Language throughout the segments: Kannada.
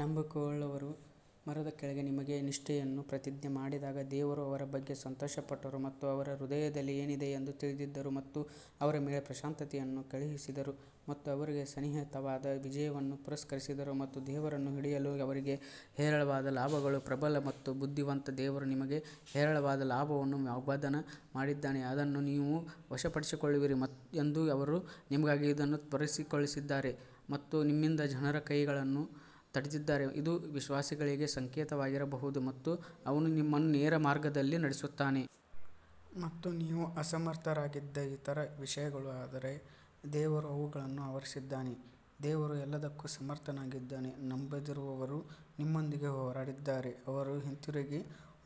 ನಂಬಿಕೆಯುಳ್ಳವರು ಮರದ ಕೆಳಗೆ ನಿಮಗೆ ನಿಷ್ಠೆಯನ್ನು ಪ್ರತಿಜ್ಞೆ ಮಾಡಿದಾಗ ದೇವರು ಅವರ ಬಗ್ಗೆ ಸಂತೋಷಪಟ್ಟರು ಮತ್ತು ಅವರ ಹೃದಯದಲ್ಲಿ ಏನಿದೆ ಎಂದು ತಿಳಿದಿದ್ದರು ಮತ್ತು ಅವರ ಮೇಲೆ ಪ್ರಶಾಂತತೆಯನ್ನು ಕಳುಹಿಸಿದರು ಮತ್ತು ಅವರಿಗೆ ಸನ್ನಿಹಿತವಾದ ವಿಜಯವನ್ನು ಪುರಸ್ಕರಿಸಿದರು ಮತ್ತು ದೇವರನ್ನು ಹಿಡಿಯಲು ಅವರಿಗೆ ಹೇರಳವಾದ ಲಾಭಗಳು ಪ್ರಬಲ ಮತ್ತು ಬುದ್ಧಿವಂತ ದೇವರು ನಿಮಗೆ ಹೇರಳವಾದ ಲಾಭವನ್ನು ವಾಗ್ದಾನ ಮಾಡಿದ್ದಾನೆ, ಅದನ್ನು ನೀವು ವಶಪಡಿಸಿಕೊಳ್ಳುವಿರಿ ಎಂದು ಅವರು ನಿಮಗಾಗಿ ಇದನ್ನು ತ್ವರಿತಗೊಳಿಸಿದ್ದಾರೆ ಮತ್ತು ನಿಮ್ಮಿಂದ ಜನರ ಕೈಗಳನ್ನು ತಡೆದಿದ್ದಾರೆ, ಇದು ವಿಶ್ವಾಸಿಗಳಿಗೆ ಸಂಕೇತವಾಗಿರಬಹುದು ಮತ್ತು ಅವನು ನಿಮ್ಮನ್ನು ನೇರ ಮಾರ್ಗದಲ್ಲಿ ನಡೆಸುತ್ತಾನೆ. ಮತ್ತು ನೀವು ಅಸಮರ್ಥರಾಗಿದ್ದ ಇತರ ವಿಷಯಗಳು ಆದರೆ ದೇವರು ಅವುಗಳನ್ನು ಆವರಿಸಿದ್ದಾನೆ ದೇವರು ಎಲ್ಲದಕ್ಕೂ ಸಮರ್ಥನಾಗಿದ್ದಾನೆ ನಂಬದಿರುವವರು ನಿಮ್ಮೊಂದಿಗೆ ಹೋರಾಡಿದ್ದರೆ ಅವರು ಹಿಂತಿರುಗಿ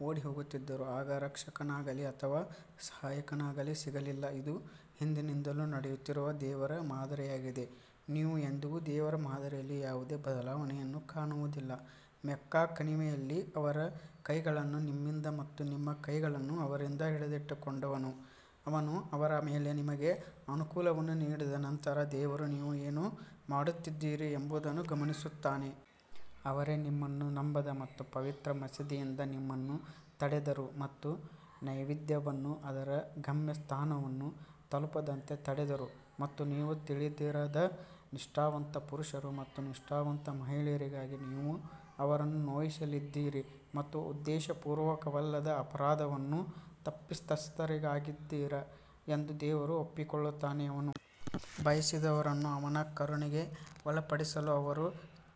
ಓಡಿಹೋಗುತ್ತಿದ್ದರು, ಆಗ ರಕ್ಷಕನಾಗಲಿ ಅಥವಾ ಸಹಾಯಕನಾಗಲಿ ಸಿಗಲಿಲ್ಲ. ಇದು ಹಿಂದಿನಿಂದಲೂ ನಡೆಯುತ್ತಿರುವ ದೇವರ ಮಾದರಿಯಾಗಿದೆ, ನೀವು ಎಂದಿಗೂ ದೇವರ ಮಾದರಿಯಲ್ಲಿ ಯಾವುದೇ ಬದಲಾವಣೆಯನ್ನು ಕಾಣುವುದಿಲ್ಲ ಮೆಕ್ಕಾ ಕಣಿವೆಯಲ್ಲಿ ಅವರ ಕೈಗಳನ್ನು ನಿಮ್ಮಿಂದ ಮತ್ತು ನಿಮ್ಮ ಕೈಗಳನ್ನು ಅವರಿಂದ ಹಿಡಿದಿಟ್ಟುಕೊಂಡವನು ಅವನು ಅವರ ಮೇಲೆ ನಿಮಗೆ ಅನುಕೂಲವನ್ನು ನೀಡಿದ ನಂತರ ದೇವರು ನೀವು ಏನು ಮಾಡುತ್ತಿದ್ದೀರಿ ಎಂಬುದನ್ನು ಗಮನಿಸುತ್ತಾನೆ. ಅವರೇ ನಿಮ್ಮನ್ನು ನಂಬದ ಮತ್ತು ಪವಿತ್ರ ಮಸೀದಿಯಿಂದ ನಿಮ್ಮನ್ನು ತಡೆದರು ಮತ್ತು ನೈವೇದ್ಯವನ್ನು ಅದರ ಗಮ್ಯಸ್ಥಾನವನ್ನು ತಲುಪದಂತೆ ತಡೆದರು ಮತ್ತು ನೀವು ತಿಳಿದಿರದ ನಿಷ್ಠಾವಂತ ಪುರುಷರು ಮತ್ತು ನಿಷ್ಠಾವಂತ ಮಹಿಳೆಯರಿಗಾಗಿ ನೀವು ಅವರನ್ನು ನೋಯಿಸಲಿದ್ದೀರಿ ಮತ್ತು ಉದ್ದೇಶಪೂರ್ವಕವಲ್ಲದ ಅಪರಾಧವನ್ನು ತಪ್ಪಿತಸ್ಥರಾಗಿದ್ದೀರಿ ಎಂದು ದೇವರು ಒಪ್ಪಿಕೊಳ್ಳುತ್ತಾನೆ. ಅವನು ಬಯಸಿದವರನ್ನು ಅವನ ಕರುಣೆಗೆ ಒಳಪಡಿಸಲು ಅವರು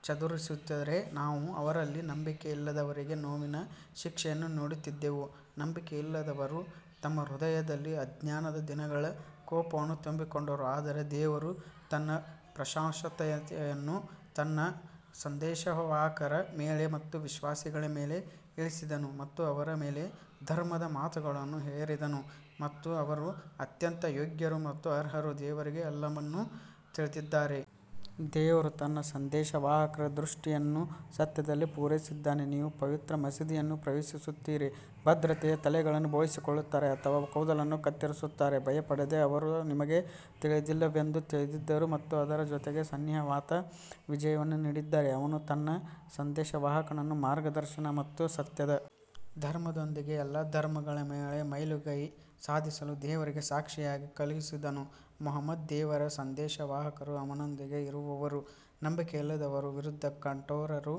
ಚದುರಿಸಿದರೆ ನಾವು ಅವರಲ್ಲಿ ನಂಬಿಕೆಯಿಲ್ಲದವರಿಗೆ ನೋವಿನ ಶಿಕ್ಷೆಯನ್ನು ನೀಡುತ್ತಿದ್ದೆವು ನಂಬಿಕೆಯಿಲ್ಲದವರು ತಮ್ಮ ಹೃದಯದಲ್ಲಿ ಅಜ್ಞಾನದ ದಿನಗಳ ಕೋಪವನ್ನು ತುಂಬಿಕೊಂಡರು ಆದರೆ ದೇವರು ತನ್ನ ಪ್ರಶಾಂತತೆಯನ್ನು ತನ್ನ ಸಂದೇಶವಾಹಕರ ಮೇಲೆ ಮತ್ತು ವಿಶ್ವಾಸಿಗಳ ಮೇಲೆ ಇಳಿಸಿದನು ಮತ್ತು ಅವರ ಮೇಲೆ ಧರ್ಮದ ಮಾತುಗಳನ್ನು ಹೇರಿದನು ಮತ್ತು ಅವರು ಅತ್ಯಂತ ಯೋಗ್ಯರು ಮತ್ತು ಅರ್ಹರು ದೇವರಿಗೆ ಎಲ್ಲವನ್ನೂ ತಿಳಿದಿದ್ದಾರೆ. ದೇವರು ತನ್ನ ಸಂದೇಶವಾಹಕರ ದೃಷ್ಟಿಯನ್ನು ಸತ್ಯದಲ್ಲಿ ಪೂರೈಸಿದ್ದಾನೆ, ನೀವು ಪವಿತ್ರ ಮಸೀದಿಯನ್ನು ಪ್ರವೇಶಿಸುತ್ತೀರಿ, ಭದ್ರತೆಯ ತಲೆಗಳನ್ನು ಬೋಳಿಸಿಕೊಳ್ಳುತ್ತಾರೆ ಅಥವಾ ಕೂದಲನ್ನು ಕತ್ತರಿಸುತ್ತಾರೆ, ಭಯಪಡದೆ ಅವರು ನಿಮಗೆ ತಿಳಿದಿಲ್ಲವೆಂದು ತಿಳಿದಿದ್ದರು ಮತ್ತು ಅದರ ಜೊತೆಗೆ ಸನ್ನಿಹಿತವಾದ ವಿಜಯವನ್ನು ನೀಡಿದ್ದಾರೆ. ಅವನು ತನ್ನ ಸಂದೇಶವಾಹಕನನ್ನು ಮಾರ್ಗದರ್ಶನ ಮತ್ತು ಸತ್ಯದ ಧರ್ಮದೊಂದಿಗೆ ಎಲ್ಲಾ ಧರ್ಮಗಳ ಮೇಲೆ ಮೇಲುಗೈ ಸಾಧಿಸಲು ದೇವರಿಗೆ ಸಾಕ್ಷಿಯಾಗಿ ಕಳುಹಿಸಿದನು ಮುಹಮ್ಮದ್ ದೇವರ ಸಂದೇಶವಾಹಕರು ಅವನೊಂದಿಗೆ ಇರುವವರು ನಂಬಿಕೆಯಿಲ್ಲದವರ ವಿರುದ್ಧ ಕಠೋರರು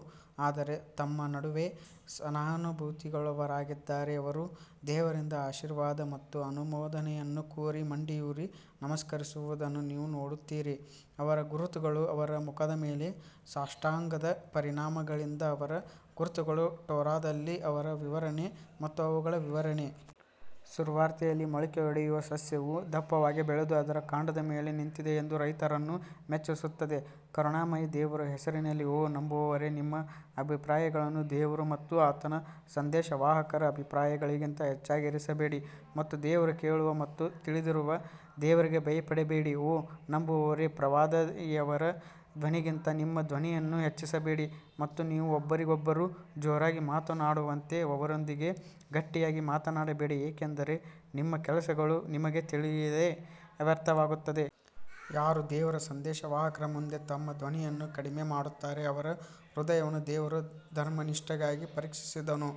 ಆದರೆ ತಮ್ಮ ನಡುವೆ ಸಹಾನುಭೂತಿಯುಳ್ಳವರಾಗಿದ್ದಾರೆ, ಅವರು ದೇವರಿಂದ ಆಶೀರ್ವಾದ ಮತ್ತು ಅನುಮೋದನೆಯನ್ನು ಕೋರಿ ಮಂಡಿಯೂರಿ ನಮಸ್ಕರಿಸುವುದನ್ನು ನೀವು ನೋಡುತ್ತೀರಿ, ಅವರ ಗುರುತುಗಳು ಅವರ ಮುಖದ ಮೇಲೆ ಸಾಷ್ಟಾಂಗದ ಪರಿಣಾಮಗಳಿಂದ ಅವರ ಗುರುತುಗಳು ಟೋರಾದಲ್ಲಿ ಅವರ ವಿವರಣೆ ಮತ್ತು ಅವುಗಳ ವಿವರಣೆ. ಸುವಾರ್ತೆಯಲ್ಲಿ ಮೊಳಕೆಯೊಡೆಯುವ ಸಸ್ಯವು ದಪ್ಪವಾಗಿ ಬೆಳೆದು ಅದರ ಕಾಂಡದ ಮೇಲೆ ನಿಂತಿದೆ ಎಂದು ರೈತರನ್ನು ಮೆಚ್ಚಿಸುತ್ತದೆ ಕರುಣಾಮಯಿ ದೇವರ ಹೆಸರಿನಲ್ಲಿ ಓ ನಂಬುವವರೇ, ನಿಮ್ಮ ಅಭಿಪ್ರಾಯಗಳನ್ನು ದೇವರು ಮತ್ತು ಆತನ ಸಂದೇಶವಾಹಕರ ಅಭಿಪ್ರಾಯಗಳಿಗಿಂತ ಹೆಚ್ಚಾಗಿ ಇರಿಸಬೇಡಿ ಮತ್ತು ದೇವರು ಕೇಳುವ ಮತ್ತು ತಿಳಿದಿರುವ ದೇವರಿಗೆ ಭಯಪಡಬೇಡಿ ಓ ನಂಬುವವರೇ, ಪ್ರವಾದಿಯವರ ಧ್ವನಿಗಿಂತ ನಿಮ್ಮ ಧ್ವನಿಯನ್ನು ಹೆಚ್ಚಿಸಬೇಡಿ ಮತ್ತು ನೀವು ಒಬ್ಬರಿಗೊಬ್ಬರು ಜೋರಾಗಿ ಮಾತನಾಡುವಂತೆ ಅವರೊಂದಿಗೆ ಗಟ್ಟಿಯಾಗಿ ಮಾತನಾಡಬೇಡಿ ಏಕೆಂದರೆ ನಿಮ್ಮ ಕೆಲಸಗಳು ನಿಮಗೆ ತಿಳಿಯದೆ ವ್ಯರ್ಥವಾಗುತ್ತವೆ. ಯಾರು ದೇವರ ಸಂದೇಶವಾಹಕರ ಮುಂದೆ ತಮ್ಮ ಧ್ವನಿಯನ್ನು ಕಡಿಮೆ ಮಾಡುತ್ತಾರೆ ಅವರ ಹೃದಯವನ್ನು ದೇವರು ಧರ್ಮನಿಷ್ಠೆಗಾಗಿ ಪರೀಕ್ಷಿಸಿದನೋ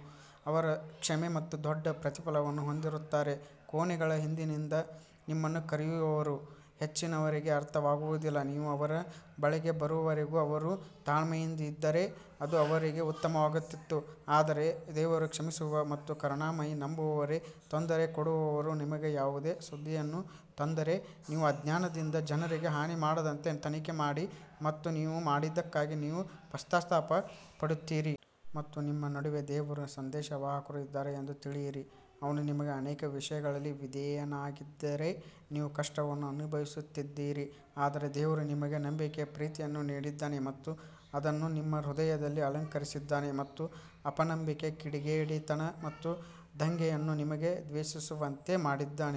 ಅವರು ಕ್ಷಮೆ ಮತ್ತು ದೊಡ್ಡ ಪ್ರತಿಫಲವನ್ನು ಹೊಂದಿರುತ್ತಾರೆ ಕೋಣೆಗಳ ಹಿಂದಿನಿಂದ ನಿಮ್ಮನ್ನು ಕರೆಯುವವರು ಹೆಚ್ಚಿನವರಿಗೆ ಅರ್ಥವಾಗುವುದಿಲ್ಲ ನೀವು ಅವರ ಬಳಿಗೆ ಬರುವವರೆಗೂ ಅವರು ತಾಳ್ಮೆಯಿಂದಿದ್ದರೆ ಅದು ಅವರಿಗೆ ಉತ್ತಮವಾಗುತ್ತಿತ್ತು ಆದರೆ ದೇವರು ಕ್ಷಮಿಸುವ ಮತ್ತು ಕರುಣಾಮಯಿ ನಂಬುವವರೇ, ತೊಂದರೆ ಕೊಡುವವರು ನಿಮಗೆ ಯಾವುದೇ ಸುದ್ದಿಯನ್ನು ತಂದರೆ ನೀವು ಅಜ್ಞಾನದಿಂದ ಜನರಿಗೆ ಹಾನಿ ಮಾಡದಂತೆ ತನಿಖೆ ಮಾಡಿ ಮತ್ತು ನೀವು ಮಾಡಿದ್ದಕ್ಕಾಗಿ ನೀವು ಪಶ್ಚಾತ್ತಾಪ ಪಡುತ್ತೀರಿ. ಮತ್ತು ನಿಮ್ಮ ನಡುವೆ ದೇವರ ಸಂದೇಶವಾಹಕರು ಇದ್ದಾರೆ ಎಂದು ತಿಳಿಯಿರಿ, ಅವನು ನಿಮಗೆ ಅನೇಕ ವಿಷಯಗಳಲ್ಲಿ ವಿಧೇಯನಾಗಿದ್ದರೆ ನೀವು ಕಷ್ಟವನ್ನು ಅನುಭವಿಸುತ್ತಿದ್ದಿರಿ ಆದರೆ ದೇವರು ನಿಮಗೆ ನಂಬಿಕೆಯ ಪ್ರೀತಿಯನ್ನು ನೀಡಿದ್ದಾನೆ ಮತ್ತು ಅದನ್ನು ನಿಮ್ಮ ಹೃದಯದಲ್ಲಿ ಅಲಂಕರಿಸಿದ್ದಾನೆ ಮತ್ತು ಅಪನಂಬಿಕೆ ಕಿಡಿಗೇಡಿತನ ಮತ್ತು ದಂಗೆಯನ್ನು ನಿಮಗೆ ದ್ವೇಷಿಸುವಂತೆ ಮಾಡಿದ್ದಾನೆ.